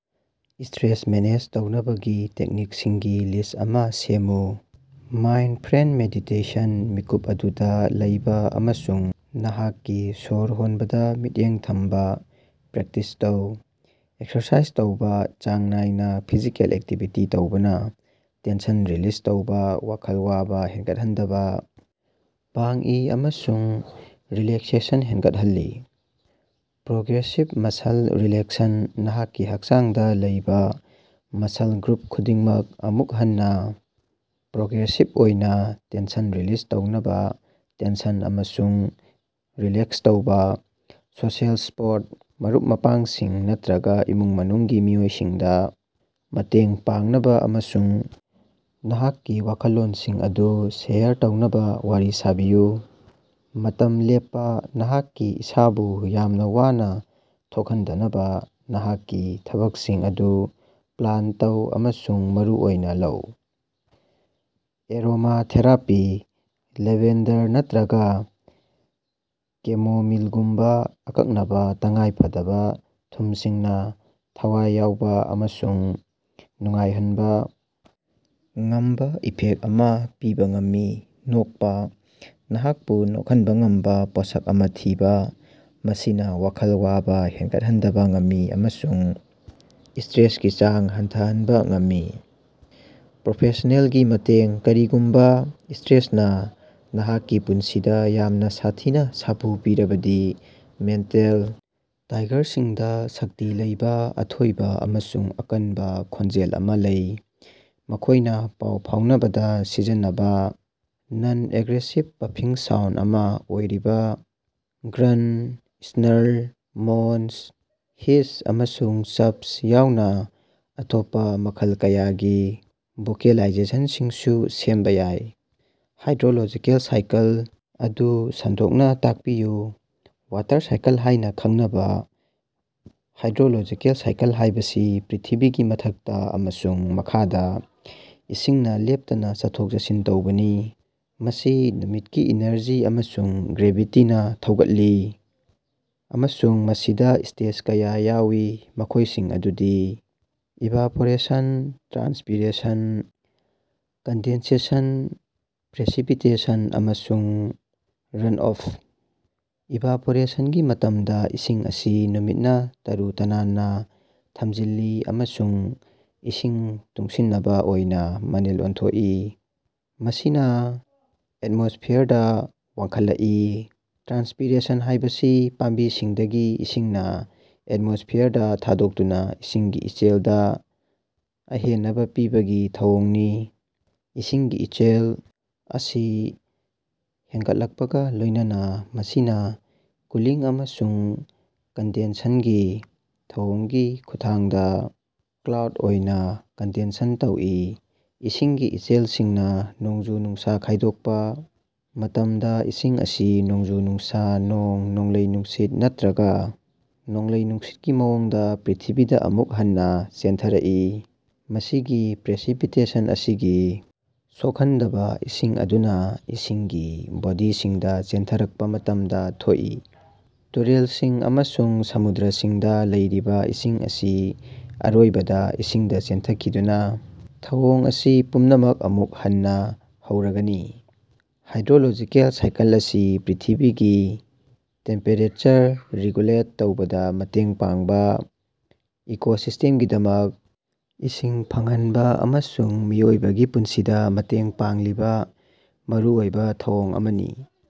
Stress manage ꯇꯧꯅꯕꯒꯤ ꯇꯦꯛꯅꯤꯛꯁꯤꯡꯒꯤ list ꯑꯃ ꯁꯦꯝꯃꯨ꯫ ꯃꯥꯏꯟꯗꯐ꯭ꯔꯦꯟꯗ ꯃꯦꯗꯤꯇꯦꯁꯟ: ꯃꯤꯀꯨꯞ ꯑꯗꯨꯗ ꯂꯩꯕ ꯑꯃꯁꯨꯡ ꯅꯍꯥꯛꯀꯤ ꯁ꯭ꯋꯔ ꯍꯣꯟꯕꯗ ꯃꯤꯠꯌꯦꯡ ꯊꯝꯕ ꯄ꯭ꯔꯦꯛꯇꯤꯁ ꯇꯧ꯫ ꯑꯦꯛꯁꯔꯁꯥꯏꯖ ꯇꯧꯕꯥ: ꯆꯥꯡ ꯅꯥꯏꯅ ꯐꯤꯖꯤꯀꯦꯜ ꯑꯦꯛꯇꯤꯚꯤꯇꯤ ꯇꯧꯕꯅ ꯇꯦꯟꯁꯟ ꯔꯤꯂꯤꯖ ꯇꯧꯕ, ꯋꯥꯈꯜ ꯋꯥꯕ ꯍꯦꯡꯒꯠꯍꯟꯗꯕ ꯄꯥꯡꯏ ꯑꯃꯁꯨꯡ ꯔꯤꯂꯦꯛꯁꯦꯁꯟ ꯍꯦꯡꯒꯠꯍꯜꯂꯤ꯫ ꯄ꯭ꯔꯣꯒ꯭ꯔꯦꯁꯤꯚ ꯃꯁꯜ ꯔꯤꯂꯦꯛꯁꯟ: ꯅꯍꯥꯛꯀꯤ ꯍꯛꯆꯥꯡꯗ ꯂꯩꯕ ꯃꯁꯜ ꯒ꯭ꯔꯨꯞ ꯈꯨꯗꯤꯡꯃꯛ, ꯑꯃꯨꯛ ꯍꯟꯅ, ꯄ꯭ꯔꯣꯒ꯭ꯔꯦꯁꯤꯚ ꯑꯣꯏꯅ ꯇꯦꯟꯁꯟ ꯔꯤꯂꯤꯖ ꯇꯧꯅꯕ, ꯇꯦꯟꯁꯟ ꯑꯃꯁꯨꯡ ꯔꯤꯂꯦꯛꯁ ꯇꯧꯕ꯫ ꯁꯣꯁꯤꯑꯦꯜ ꯁꯄꯣꯔꯠ: ꯃꯔꯨꯞ-ꯃꯄꯥꯡꯁꯤꯡ ꯅꯠꯇꯔꯒ ꯏꯃꯨꯡ-ꯃꯅꯨꯡꯒꯤ ꯃꯤꯑꯣꯏꯁꯤꯡꯗ ꯃꯇꯦꯡ ꯄꯥꯡꯅꯕ ꯑꯃꯁꯨꯡ ꯅꯍꯥꯛꯀꯤ ꯋꯥꯈꯜꯂꯣꯟꯁꯤꯡ ꯑꯗꯨ ꯁꯦꯌꯔ ꯇꯧꯅꯕ ꯋꯥꯔꯤ ꯁꯥꯕꯤꯌꯨ꯫ ꯃꯇꯝ ꯂꯦꯞꯄ: ꯅꯍꯥꯛꯀꯤ ꯏꯁꯥꯕꯨ ꯌꯥꯝꯅ ꯋꯥꯅ ꯊꯣꯛꯍꯟꯗꯅꯕ ꯅꯍꯥꯛꯀꯤ ꯊꯕꯛꯁꯤꯡ ꯑꯗꯨ ꯄ꯭ꯂꯥꯟ ꯇꯧ ꯑꯃꯁꯨꯡ ꯃꯔꯨꯑꯣꯏꯅ ꯂꯧ꯫ ꯑꯦꯔꯣꯃꯥꯊꯦꯔꯥꯄꯤ: ꯂꯦꯚꯦꯟꯗꯔ ꯅꯠꯇꯔꯒ ꯀꯦꯃꯣꯃꯤꯜꯒꯨꯝꯕꯥ ꯑꯀꯛꯅꯕ ꯇꯉꯥꯏꯐꯗꯕ ꯊꯨꯝꯁꯤꯡꯅ ꯊꯋꯥꯏ ꯌꯥꯎꯕ ꯑꯃꯁꯨꯡ ꯅꯨꯡꯉꯥꯏꯍꯟꯕ ꯉꯝꯕ ꯏꯐꯦꯛ ꯑꯃ ꯄꯤꯕ ꯉꯝꯃꯤ꯫ ꯅꯣꯛꯄ: ꯅꯍꯥꯛꯄꯨ ꯅꯣꯛꯍꯟꯕ ꯉꯝꯕ ꯄꯣꯠꯁꯛ ꯑꯃꯥ ꯊꯤꯕ; ꯃꯁꯤꯅ ꯋꯥꯈꯜ ꯋꯥꯕ ꯍꯦꯟꯒꯠꯍꯟꯗꯕ ꯉꯝꯃꯤ ꯑꯃꯁꯨꯡ ꯁ꯭ꯇꯔꯦꯁꯀꯤ ꯆꯥꯡ ꯍꯟꯊꯍꯟꯕ ꯉꯝꯃꯤ꯫ ꯄ꯭ꯔꯣꯐꯦꯁꯅꯦꯜꯒꯤ ꯃꯇꯦꯡ: ꯀꯔꯤꯒꯨꯃꯕ ꯁ꯭ꯇꯔꯦꯁꯅ ꯅꯍꯥꯛꯀꯤ ꯄꯨꯟꯁꯤꯗ ꯌꯥꯝꯅ ꯁꯥꯊꯤꯅ ꯁꯥꯐꯨ ꯄꯤꯔꯕꯗꯤ, ꯃꯦꯟꯇꯦꯜ ꯇꯥꯏꯒꯔꯁꯤꯡꯗ ꯁꯛꯇꯤ ꯂꯩꯕ, ꯑꯊꯣꯏꯕ ꯑꯃꯁꯨꯡ ꯑꯀꯟꯕ ꯈꯣꯟꯖꯦꯜ ꯑꯃ ꯂꯩ꯫ ꯃꯈꯣꯏꯅ ꯄꯥꯎ ꯐꯥꯎꯅꯕꯗ ꯁꯤꯖꯤꯟꯅꯕ ꯅꯟ-ꯑꯦꯒ꯭ꯔꯦꯁꯤꯚ ꯄꯐꯤꯡ ꯁꯥꯎꯟꯗ ꯑꯃ ꯑꯣꯏꯔꯤꯕ ꯒ꯭ꯔꯟꯠ, ꯁ꯭ꯅꯥꯔꯜ, ꯃꯣꯟꯁ, ꯍꯤꯁ, ꯑꯃꯁꯨꯡ ꯆ꯭ꯐꯁ ꯌꯥꯎꯅ ꯑꯇꯣꯞꯄ ꯃꯈꯜ ꯀꯌꯥꯒꯤ ꯚꯣꯀꯦꯂꯥꯏꯖꯦꯁꯟꯁꯤꯡꯁꯨ ꯁꯦꯝꯕ ꯌꯥꯏ꯫ ꯍꯥꯏꯗ꯭ꯔꯣꯂꯣꯖꯤꯀꯦꯜ ꯁꯥꯏꯀꯜ ꯑꯗꯨ ꯁꯟꯗꯣꯛꯅ ꯇꯥꯛꯄꯤꯌꯨ꯫ ꯋꯥꯇꯔ ꯁꯥꯏꯀꯜ ꯍꯥꯏꯅ ꯈꯪꯅꯕ ꯍꯥꯏꯗ꯭ꯔꯣꯂꯣꯖꯤꯀꯦꯜ ꯁꯥꯏꯀꯜ ꯍꯥꯏꯕꯁꯤ ꯄ꯭ꯔꯤꯊꯤꯕꯤꯒꯤ ꯃꯊꯛꯇ ꯑꯃꯁꯨꯡ ꯃꯈꯥꯗ ꯏꯁꯤꯡꯅ ꯂꯦꯞꯇꯅ ꯆꯠꯊꯣꯛ-ꯆꯠꯁꯤꯟ ꯇꯧꯕꯅꯤ꯫ ꯃꯁꯤ ꯅꯨꯃꯤꯠꯀꯤ ꯏꯅ꯭ꯔꯖꯤ ꯑꯃꯁꯨꯡ ꯒ꯭ꯔꯦꯚꯤꯇꯤꯅ ꯊꯧꯒꯠꯂꯤ, ꯑꯃꯁꯨꯡ ꯃꯁꯤꯗ ꯁ꯭ꯇꯦꯖ ꯀꯌꯥ ꯌꯥꯎꯏ, ꯃꯈꯣꯏꯁꯤꯡ ꯑꯗꯨꯗꯤ: ꯏꯚꯥꯄꯣꯔꯦꯁꯟ, ꯇ꯭ꯔꯥꯟꯁꯄꯤꯔꯦꯁꯟ, ꯀꯟꯗꯦꯟꯁꯦꯁꯟ, ꯄ꯭ꯔꯦꯁꯤꯄꯤꯇꯦꯁꯟ, ꯑꯃꯁꯨꯡ ꯔꯟꯑꯣꯐ꯫ ꯏꯚꯥꯄꯣꯔꯦꯁꯟꯒꯤ ꯃꯇꯝꯗ ꯏꯁꯤꯡ ꯑꯁꯤ ꯅꯨꯃꯤꯠꯅ ꯇꯔꯨ-ꯇꯅꯥꯟꯅ ꯊꯝꯖꯤꯜꯂꯤ ꯑꯃꯁꯨꯡ ꯏꯁꯤꯡ ꯇꯨꯡꯁꯤꯅꯕ ꯑꯣꯏꯅ ꯃꯅꯤꯜ ꯑꯣꯟꯊꯣꯛꯏ, ꯃꯁꯤꯅꯥ ꯑꯦꯠꯃꯣꯁ꯭ꯐꯤꯌꯔꯗ ꯋꯥꯡꯈꯠꯂꯛꯏ꯫ ꯇ꯭ꯔꯥꯟꯁꯄꯤꯔꯦꯁꯟ ꯍꯥꯏꯕꯁꯤ ꯄꯥꯝꯕꯤꯁꯤꯡꯗꯒꯤ ꯏꯁꯤꯡꯅ ꯑꯦꯠꯃꯣꯁ꯭ꯐꯤꯌꯔꯗ ꯊꯥꯗꯣꯛꯇꯨꯅ ꯏꯁꯤꯡꯒꯤ ꯏꯆꯦꯜꯗ ꯑꯍꯦꯅꯕ ꯄꯤꯕꯒꯤ ꯊꯧꯑꯣꯡꯅꯤ꯫ ꯏꯁꯤꯡꯒꯤ ꯏꯆꯦꯜ ꯑꯁꯤ ꯍꯦꯡꯒꯠꯂꯛꯄꯒ ꯂꯣꯏꯅꯅ, ꯃꯁꯤꯅ ꯀꯨꯂꯤꯡ ꯑꯃꯁꯨꯡ ꯀꯟꯗꯦꯟꯁꯟꯒꯤ ꯊꯧꯑꯣꯡꯒꯤ ꯈꯨꯠꯊꯥꯡꯗꯥ ꯀ꯭ꯂꯥꯎꯗ ꯑꯣꯏꯅ ꯀꯟꯗꯦꯟꯁꯟ ꯇꯧꯏ꯫ ꯏꯁꯤꯡꯒꯤ ꯏꯆꯦꯜꯁꯤꯡꯅ ꯅꯣꯡꯖꯨ-ꯅꯨꯡꯁ ꯈꯥꯏꯗꯣꯛꯄ ꯃꯇꯝꯗ, ꯏꯁꯤꯡ ꯑꯁꯤ ꯅꯣꯡꯖꯨ-ꯅꯨꯡꯁ, ꯅꯣꯡ, ꯅꯣꯡꯂꯩ-ꯅꯨꯡꯁꯤꯠ ꯅꯠꯇꯔꯒ ꯅꯣꯡꯂꯩ-ꯅꯨꯡꯁꯤꯠꯀꯤ ꯃꯑꯣꯡꯗ ꯄ꯭ꯔ꯭ꯤꯊꯤꯕꯤꯗ ꯑꯃꯨꯛ ꯍꯟꯅ ꯆꯦꯟꯊꯔꯛꯏ꯫ ꯃꯁꯤꯒꯤ ꯄ꯭ꯔꯦꯁꯤꯄꯤꯇꯦꯁꯟ ꯑꯁꯤꯒꯤ ꯁꯣꯛꯍꯟꯗꯕ ꯏꯁꯤꯡ ꯑꯗꯨꯅ ꯏꯁꯤꯡꯒꯤ ꯕꯣꯗꯤꯁꯤꯡꯗ ꯆꯦꯟꯊꯔꯛꯄ ꯃꯇꯝꯗ ꯊꯣꯛꯏ꯫ ꯇꯨꯔꯦꯂꯁꯤꯡ ꯑꯃꯁꯨꯡ ꯁꯃꯨꯗ꯭ꯔꯁꯤꯡꯗ ꯂꯩꯔꯤꯕ ꯏꯁꯤꯡ ꯑꯁꯤ ꯑꯔꯣꯏꯕꯗ ꯏꯁꯤꯡꯗ ꯆꯦꯟꯊꯈꯤꯗꯨꯅ ꯊꯧꯑꯣꯡ ꯑꯁꯤ ꯄꯨꯝꯅꯃꯛ ꯑꯃꯨꯛ ꯍꯟꯅ ꯍꯧꯔꯒꯅꯤ꯫ ꯍꯥꯏꯗ꯭ꯔꯣꯂꯣꯖꯤꯀꯦꯜ ꯁꯥꯏꯀꯜ ꯑꯁꯤ ꯄ꯭ꯔꯤꯊꯤꯕꯤꯒꯤ ꯇꯦꯝꯄꯦꯔꯦꯆꯔ ꯔꯤꯒꯨꯂꯦꯠ ꯇꯧꯕꯗ ꯃꯇꯦꯡ ꯄꯥꯡꯕ, ꯏꯀꯣꯁꯤꯁ꯭ꯇꯦꯝꯒꯤꯗꯃꯛ ꯏꯁꯤꯡ ꯐꯪꯍꯟꯕ ꯑꯃꯁꯨꯡ ꯃꯤꯑꯣꯏꯕꯒꯤ ꯄꯨꯟꯁꯤꯗ ꯃꯇꯦꯡ ꯄꯥꯡꯂꯤꯕ ꯃꯔꯨꯑꯣꯏꯕ ꯊꯧꯑꯣꯡ ꯑꯃꯅꯤ꯫